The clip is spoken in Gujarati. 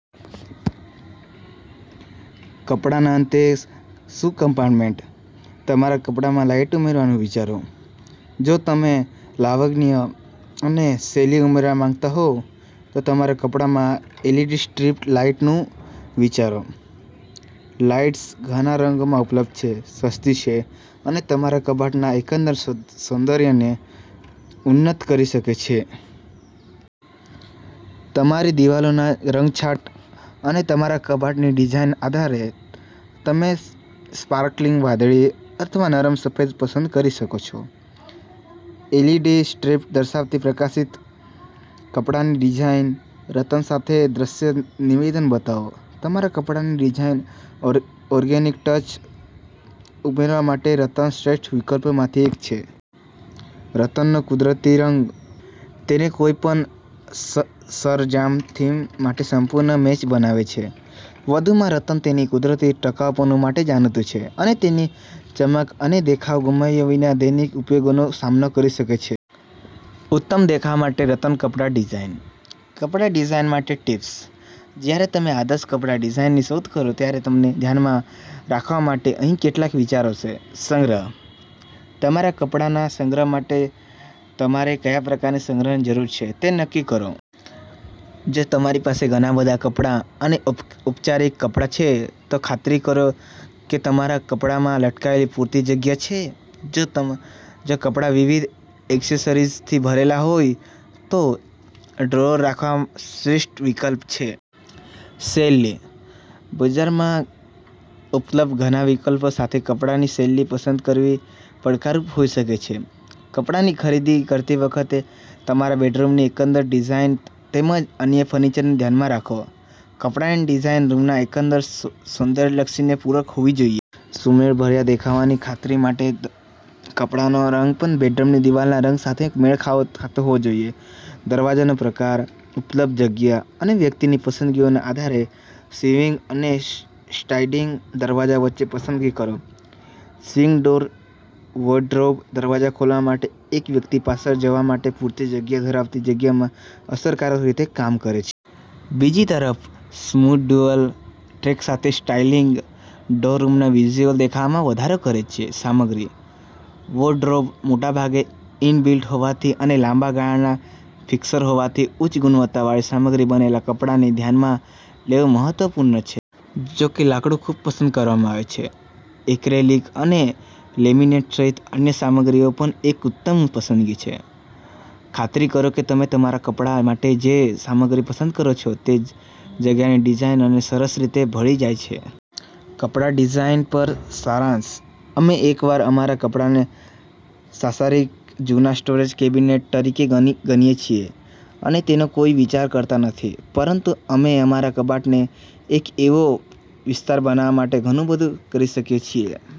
કપડાના અંતે શૂ કમ્પાર્ટમેન્ટ. તમારા કપડામાં લાઇટ ઉમેરવાનું વિચારો. જો તમે લાવણ્ય અને શૈલી ઉમેરવા માંગતા હો, તો તમારા કપડામાં એલઇડી સ્ટ્રીપ લાઇટનું વિચારો. લાઇટ્સ ઘણા રંગોમાં ઉપલબ્ધ છે, સસ્તી છે અને તમારા કબાટના એકંદર સૌન સૌંદર્યને ઉન્નત કરી શકે છે. તમારી દિવાલોના રંગછાટ અને તમારા કબાટની ડિઝાઇનના આધારે, તમે સ્પાર્કલિંગ વાદળી અથવા નરમ સફેદ પસંદ કરી શકો છો. એલઇડી સ્ટ્રીપ્સ દર્શાવતી પ્રકાશિત કપડાની ડિઝાઇન. રતન સાથે દ્રશ્ય નિવેદન બનાવો. તમારા કપડાની ડિઝાઇનમાં ઓર્ગેનિક ટચ ઉમેરવા માટે રતન શ્રેષ્ઠ વિકલ્પોમાંથી એક છે. રતનનો કુદરતી રંગ તેને કોઈપણ સરંજામ થીમ માટે સંપૂર્ણ મેચ બનાવે છે. વધુમાં, રતન તેની કુદરતી ટકાઉપણું માટે જાણીતું છે અને તેની ચમક અને દેખાવ ગુમાવ્યા વિના દૈનિક ઉપયોગનો સામનો કરી શકે છે. ઉત્તમ દેખાવ માટે રતન કપડા ડિઝાઇન. કપડા ડિઝાઇન માટે ટિપ્સ. જ્યારે તમે આદર્શ કપડા ડિઝાઇનની શોધ કરો ત્યારે ધ્યાનમાં રાખવા માટે અહીં કેટલાક વિચારો છે. સંગ્રહ. તમારા કપડાંના સંગ્રહ માટે તમારે કયા પ્રકારના સંગ્રહની જરૂર છે તે નક્કી કરો. જો તમારી પાસે ઘણાં બધાં કપડાં અને ઔપચારિક કપડાં છે, તો ખાતરી કરો કે તમારા કપડામાં લટકાવવાની પૂરતી જગ્યા છે. જો તમારા કપડા વિવિધ એક્સેસરીઝથી ભરેલા હોય, તો ડ્રોઅર રાખવા શ્રેષ્ઠ વિકલ્પ છે. શૈલી. બજારમાં ઉપલબ્ધ ઘણા વિકલ્પો સાથે કપડાની શૈલી પસંદ કરવી પડકારરૂપ હોઈ શકે છે. કપડાની ખરીદી કરતી વખતે તમારા બેડરૂમની એકંદર ડિઝાઇન તેમજ અન્ય ફર્નિચરને ધ્યાનમાં રાખો. કપડાની ડિઝાઇન રૂમના એકંદર સૌંદર્યલક્ષીને પૂરક હોવી જોઈએ. સુમેળભર્યા દેખાવની ખાતરી કરવા માટે કપડાનો રંગ પણ બેડરૂમની દિવાલના રંગ સાથે મેળ ખાતો હોવો જોઈએ. દરવાજાનો પ્રકાર. ઉપલબ્ધ જગ્યા અને વ્યક્તિગત પસંદગીઓના આધારે, સ્વિંગિંગ અને સ્લાઇડિંગ દરવાજા વચ્ચે પસંદગી કરો. સ્વિંગ ડોર વોર્ડરોબ દરવાજા ખોલવા માટે અને વ્યક્તિ પાછળ જવા માટે પૂરતી જગ્યા ધરાવતી જગ્યામાં અસરકારક રીતે કામ કરે છે. બીજી તરફ, સ્મૂધ ડ્યુઅલ ટ્રેક સાથે સ્લાઇડિંગ ડોર રૂમના વિઝ્યુઅલ દેખાવમાં વધારો કરે છે. સામગ્રી. વોર્ડરોબ મોટાભાગે ઇન-બિલ્ટ હોવાથી અને લાંબા ગાળાના ફિક્સર હોવાથી, ઉચ્ચ ગુણવત્તાની સામગ્રીથી બનેલા કપડાને ધ્યાનમાં લેવું મહત્વપૂર્ણ છે. જો કે લાકડું ખૂબ પસંદ કરવામાં આવે છે, એક્રેલિક અને લેમિનેટ સહિત અન્ય સામગ્રીઓ પણ એક ઉત્તમ પસંદગી છે. ખાતરી કરો કે તમે તમારા કપડા માટે જે સામગ્રી પસંદ કરો છો તે જગ્યાની ડિઝાઇન સાથે સરસ રીતે ભળી જાય છે. કપડા ડિઝાઇન પર સારાંશ. અમે વારંવાર અમારા કપડાને સાંસારિક જૂના સ્ટોરેજ કેબિનેટ તરીકે ગણીએ છીએ અને તેનો કોઈ વિચાર કરતા નથી. પરંતુ અમે અમારા કબાટને એક એવો વિસ્તાર બનાવવા માટે ઘણું બધું કરી શકીએ છીએ.